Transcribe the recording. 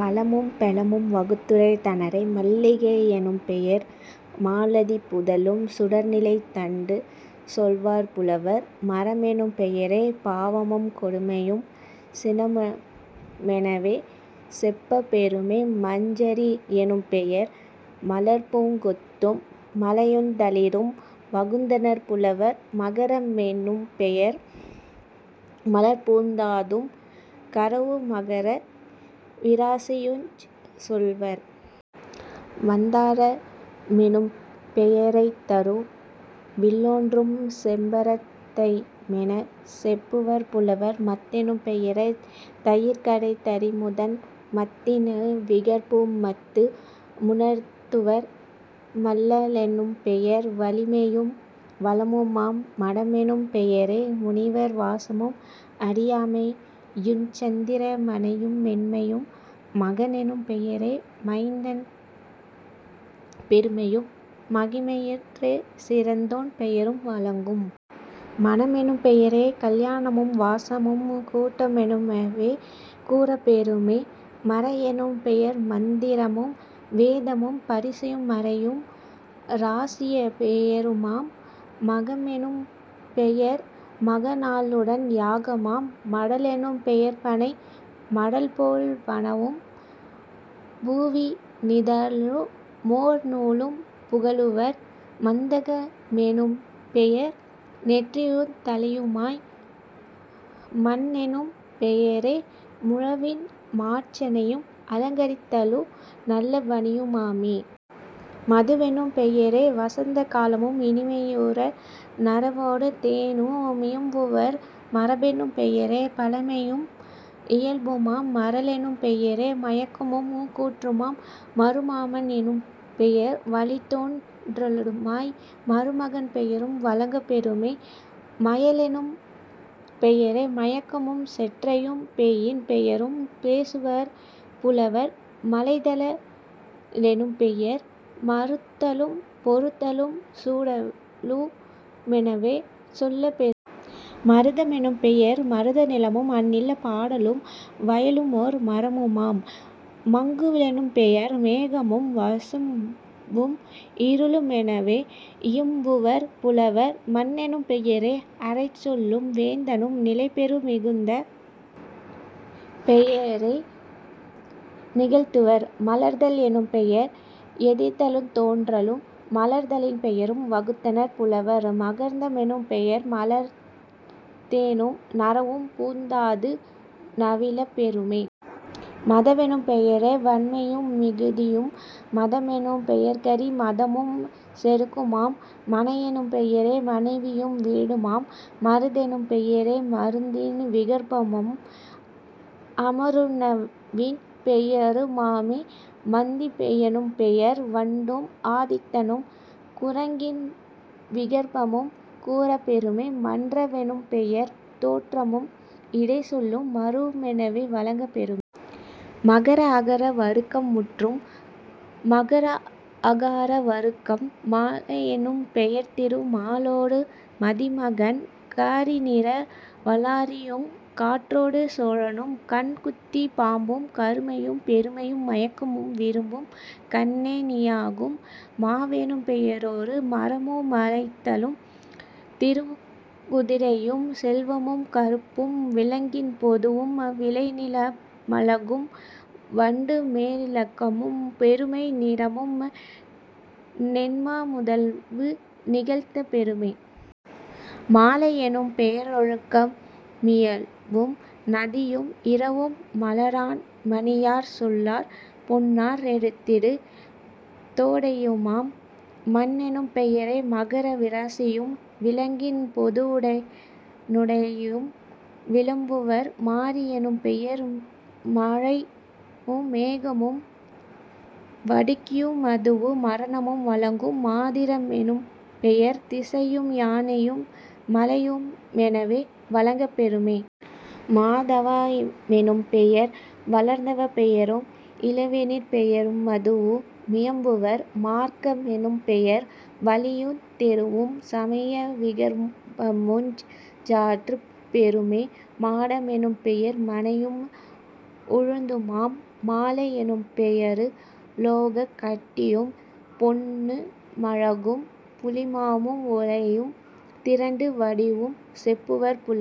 வளமும் பெலமும் வகுத்துரைத் தனரே..... மல்லிகை யெனும்பெயர் மாலதிப் புதலும் சுடர்நிலைத் தண்டுஞ் சொல்லுவர் புலவர்..... மறமெனும் பெயரே பாவமும் கொடுமையும் சினமு மெனவே செப்பப் பெறுமே..... மஞ்சரி யெனும்பெயர் மலர்ப்பூங் கொத்தும் மாலையுந் தளிரும் வகுத்தனர் புலவர்..... மகர மெனும்பெயர் மலர்ப்பூந் தாதும் கறவு மகர விராசியுஞ் சொல்லுவர்..... மந்தார மெனும்பெய ரைந்தரு விலொன்றும் செம்பரத் தையுமெனச் செப்புவர் புலவர்..... மத்தெனும் பெயரே தயிர்கடை தறிமுதன் மத்தின் விகற்பமு மத்து முணர்த்துவர்..... மல்ல லெனும்பெயர் வலிமையும் வளமுமாம்..... மடமெனும் பெயரே முனிவர் வாசமும் அறியாமை யுஞ்சத்திர மனையு மென்மையும்..... மகனெனும் பெயரே மைந்தன் பெருமையும் மகிமையிற் சிறந்தோன் பெயரும் வழங்கும்..... மணமெனும் பெயரே கல்யாணமும் வாசமும் கூட்டமு மெனவே கூறப் பெறுமே..... மறையெனும் பெயர்மந் திரமும் வேதமும் பரிசையு மறைவும் ராசியப் பெயருமாம்..... மகமெனும் பெயர்மக நாளுடன் யாகமாம்..... மடலெனும் பெயர்பனை மடல்போல் வனவும் பூவி னிதழு மோர்நூலும் புகலுவர்..... மத்தக மெனும்பெயர் நெற்றியுந் தலையுமாம்..... மண்ணெனும் பெயரே முழவின் மார்ச்சனையும் அலங்கரித்தலு நல்ல வனியு மாமே..... மதுவெனும் பெயரே வசந்த காலமும் இனிமையு நறவொடு தேனு மியம்புவர்..... மரபெனும் பெயரே பழமையும் இயல்புமாம்..... மறலெனும் பெயரே மயக்கமும் கூற்றுமாம்..... மருமான் எனும்பெயர் வழித்தோன் றலுடனே மருமகன் பெயரும் வழங்கப் பெறுமே..... மயலெனும் பெயரே மயக்கமும் செற்றையும் பேயின் பெயரும் பேசுவர் புலவர்..... மலைத லெனும்பெயர் மறுத்தலும் பொருதலும் சூடலு மெனவே சொல்லப் பெறுமே..... மருத மெனும்பெயர் மருத நிலமும் அந்நிலப் பாடலும் வயலுமோர் மரமுமாம்..... மங்கு லெனும்பெயர் மேகமும் விசும்பும் இருளு மெனவே இயம்புவர் புலவர்..... மன்னெனும் பெயரே அசைச்சொலும் வேந்தனும் நிலைபேறு மிகுதிப் பெயரு நிகழ்த்துவர்..... மலர்தல் எனும்பெயர் எதிர்தலுந் தோன்றலும் மலர்தலின் பெயரும் வகுத்தனர் புலவர்..... மகரந்த மென்னும் பெயர்மலர்த் தேனும் நறவும் பூந்தாது நவிலப் பெறுமே..... மதவெனும் பெயரே வன்மையு மிகுதியும்..... மதமெனும் பெயர்கரி மதமும் செருக்குமாம்..... மனையெனும் பெயரே மனைவியும் வீடுமாம்..... மருந்தெனும் பெயரே மருந்தின் விகற்பமும் அமர ருணவின் பெயரு மாமே..... மந்தி யெனும்பெயர் வண்டும் ஆதித்தனும் குரங்கின் விகற்பமும் கூறப் பெறுமே..... மன்ற வெனும்பெயர் தேற்றமும் இடைச்சொலும் மருவு மெனவே வழங்கப் பெறுமே..... மகர அகர வருக்கம் முற்றும். மகர ஆகார வருக்கம் மாலெனும் பெயர்திரு மாலொடு மதிமகன் காரிநிற வலாரியுங் காற்றொடு சோழனும் கண்குத்திப் பாம்பும் கருமையும் பெருமையும் மயக்கமும் விருப்பும் கண்ணே ணியுமாகும்..... மாவெனும் பெயரொரு மரமு மழைத்தலும் திருவுங் குதிரையும் செல்வமும் கறுப்பும் விலங்கின் பொதுவும் விளைநிலமு மழகும் வண்டு மோரிலக்கமும் பெருமை நிறமும் நென்மா முதலவு நிகழ்த்தப் பெறுமே..... மாலை யெனும்பெய ரொழுக்கமு மியல்பும் நதியும் இரவும் மலரான் மணியாற் சொல்லாற் பொன்னாற் றொடுத்திடு தொடையுமாம்.... மானெனும் பெயரே மகர விராசியும் விலங்கின் பொதுவுட னுழையையும் விளம்புவர்..... மாரி யெனும்பெயர் மழையு மேகமும் வடுகியு மதுவு மரணமும் வழங்கும்..... மாதிர மெனும்பெயர் திசையும் யானையும் மலையு மெனவே வழங்கப் பெறுமே..... மாதவ மெனும்பெயர் வளர்தவப் பெயரும் இளவேனிற் பெயரு மதுவு மியம்புவர்..... மார்க்க மெனும்பெயர் வழியுந் தெருவும் சமைய விகற்பமுஞ் சாற்றப் பெறுமே..... மாட மெனும்பெயர் மனையும் உழுந்துமாம்..... மாழை யெனும்பெயரு லோகக் கட்டியும் பொன்னு மழகும் புளிமாவும் ஓலையும் திரண்ட வடிவும் செப்புவர் புலவர்.